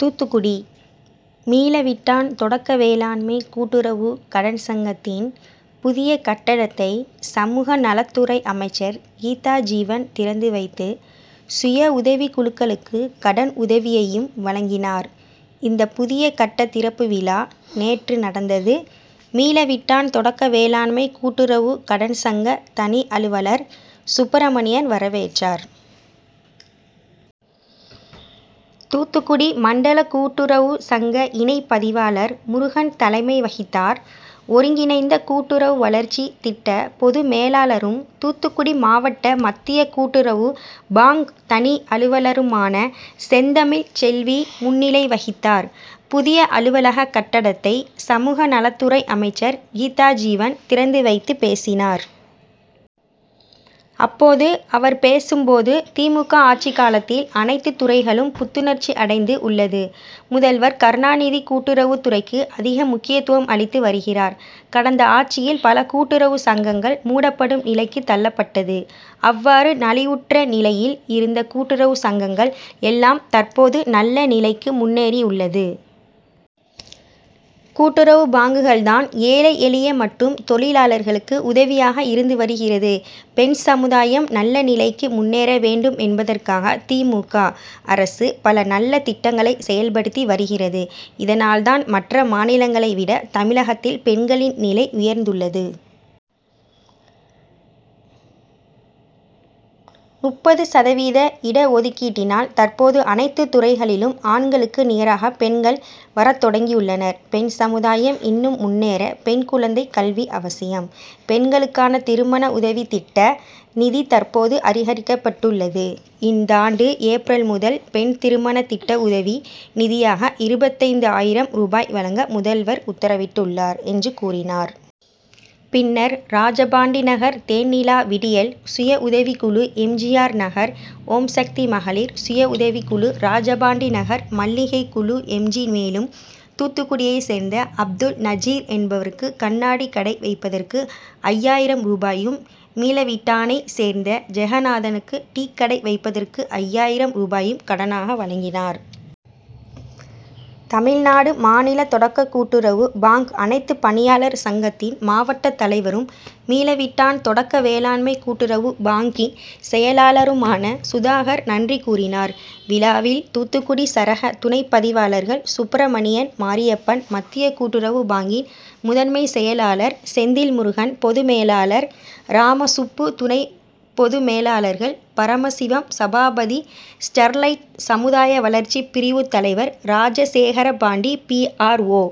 தூத்துக்குடி: மீளவிட்டான் தொட க்க வேளாண்மை கூட்டுறவு கடன் சங்கத்தின் புதிய கட்டடத்தை சமூக நலத்துறை அமைச்சர் கீதாஜீவன் திறந்து வைத்து சுய உதவி குழுக்களுக்கு கடன் உதவியையும் வழங்கினார். இந்த புதிய கட்ட திறப்பு விழா நேற்று நடந்தது. மீளவிட்டான் தொடக்க வேளாண்மை கூட்டுறவு கடன் சங்க தனி அலுவலர் சுப்பிரமணியன் வரவேற்றார். தூத்துக்குடி மண்டல கூட்டுறவு சங்க இணைப்பதிவாளர் முருகன் தலைமை வகித்தார். ஒருங்கிணைந்த கூட்டுறவு வளர்ச்சி திட்ட பொதுமேலாளரும் தூத்துக்குடி மாவட்ட மத்திய கூட்டுறவு பாங்க் தனி அலுவலருமான செந்தமிழ் செல்வி முன்னிலை வகித்தார். புதிய அலுவலக கட்டடத்தை சமூக நலத்துறை அமைச்சர் கீதாஜீவன் திறந்து வைத்து பேசினார். அப்போது அவர் பேசும்போது திமுக. ஆட்சி காலத்தில் அனைத்து துறைகளும் புத்துணர்ச்சி அடைந்து உள்ளது. முதல்வர் கருணாநிதி கூட்டுறவு துறைக்கு அதிக முக்கியத்துவம் அளித்து வருகிறார். கடந்த ஆட்சியில் பல கூட்டுறவு சங்கங்கள் மூடப்படும் நிலைக்கு தள்ளப்பட்டது. அவ்வாறு நலிவுற்ற நிலையில் இருந்த கூட்டுறவு சங்கங்கள் எல்லாம் தற்போது நல்ல நிலைக்கு முன்னேறி உள்ளது. கூட்டுறவு பாங்குகள் தான் ஏழை எளிய மற்றும் தொழிலாளர்களுக்கு உதவியாக இருந்து வருகிறது. பெண் சமுதாயம் நல்ல நிலைக்கு முன்னேற வேண்டும் என்பதற்காக திமுக. அரசு பல நல்ல திட்டங்களை செயல்படுத்தி வருகிறது. இதனால் தான் மற்ற மாநிலங்களை விட தமிழகத்தில் பெண்களின் நிலை உயர்ந்துள்ளது. முப்பது சதவீத இடஒதுக்கீட்டினால் தற்போது அனைத்து துறைகளிலும் ஆண்களுக்கு நிகராக பெண்கள் வரத்தொடங்கியுள்ளனர். பெண் சமுதாயம் இன்னும் முன்னேற பெண் குழந்தை கல்வி அவசியம். பெண்களுக்கான திருமண உதவி திட்ட நிதி தற்போது அதிகரிக்கப்பட்டுள்ளது. இந்தாண்டு ஏப்ரல் முதல் பெண் திருமண திட்ட உதவி நிதியாக இருபத்தைந்து ஆயிரம் ரூபாய் வழங்க முதல்வர் உத்தரவிட்டுள்ளார் என்று கூறினார். பின்னர் ராஜபாண்டி நகர் தேன்நிலா விடியல் சுய உதவி குழு M. G. R. Nagar Omsakthi மகளிர் சுய உதவி குழு ராஜபாண்டி நகர் மல்லிகை குழு எம். ஜி. மேலும் தூத்துக்குடியை சேர்ந்த அப்துல் நஜீர் என்பவருக்கு கண்ணாடி கடை வைப்பதற்கு ஐயாயிரம் ரூபாயும் மீளவிட்டானை சேர்ந்த ஜெகநாதனுக்கு டீ கடை வைப்பதற்கு ஐயாயிரம் ரூபாயையும் கடனாக வழங்கினார். தமிழ்நாடு மாநில தொடக்க கூட்டுறவு பாங்க் அனைத்து பணியாளர் சங்கத்தின் மாவட்ட தலைவரும் மீளவிட்டான் தொடக்க வேளா ண்மை கூட்டுறவு பாங்க்கின் செயலாளருமான சுதாகர் நன்றி கூறினார். விழாவில் தூத்துக்குடி சரக துணைப்பதிவாளர்கள் சுப்பிரமணியன் மாரியப்பன் மத்திய கூட்டுறவு பாங்கின் முதன்மை செயலாளர் செந்தில்முருகன் பொதுமேலாளர் ராமசுப்பு துணை பொதுமேலாளர்கள் பரமசிவம் சபாபதி ஸ்டெர்லைட் சமுதாய வளர்ச்சி பிரிவு தலைவர் ராஜசேகரபாண்டி பிஆர்ஓ.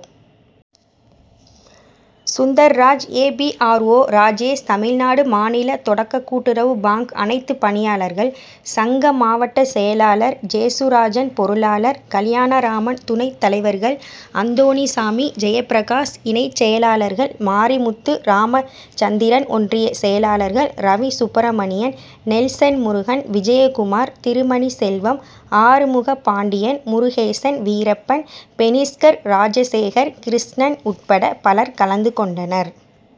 சுந்தர்ராஜ் ஏபிஆர்ஓ. ராஜேஷ் தமிழ்நாடு மாநில தொடக்க கூட்டுறவு பாங்க் அனைத்துப்பணியாளர்கள் சங்க மாவட்ட செயலாளர் ஜேசுராஜன் பொருளாளர் கல்யாணராமன் துணைத்தலைவர்கள் அந்தோணிசாமி ஜெயபிரகாஷ் இணைச் செயலாளர்கள் மாரிமுத்து ராமச்சந்திரன் ஒன்றிய செயலாளர்கள் ரவிசுப்பிரமணியன் நெல்சன் முருகன் விஜயகுமார் திருமணிச் செல்வம் ஆறுமுகபாண்டியன் முருகேசன் வீரப்பன் பெனிஸ்கர் ராஜசேகர் கிருஷ்ணன் உட்பட பலர் கலந்து கொண்டனர்.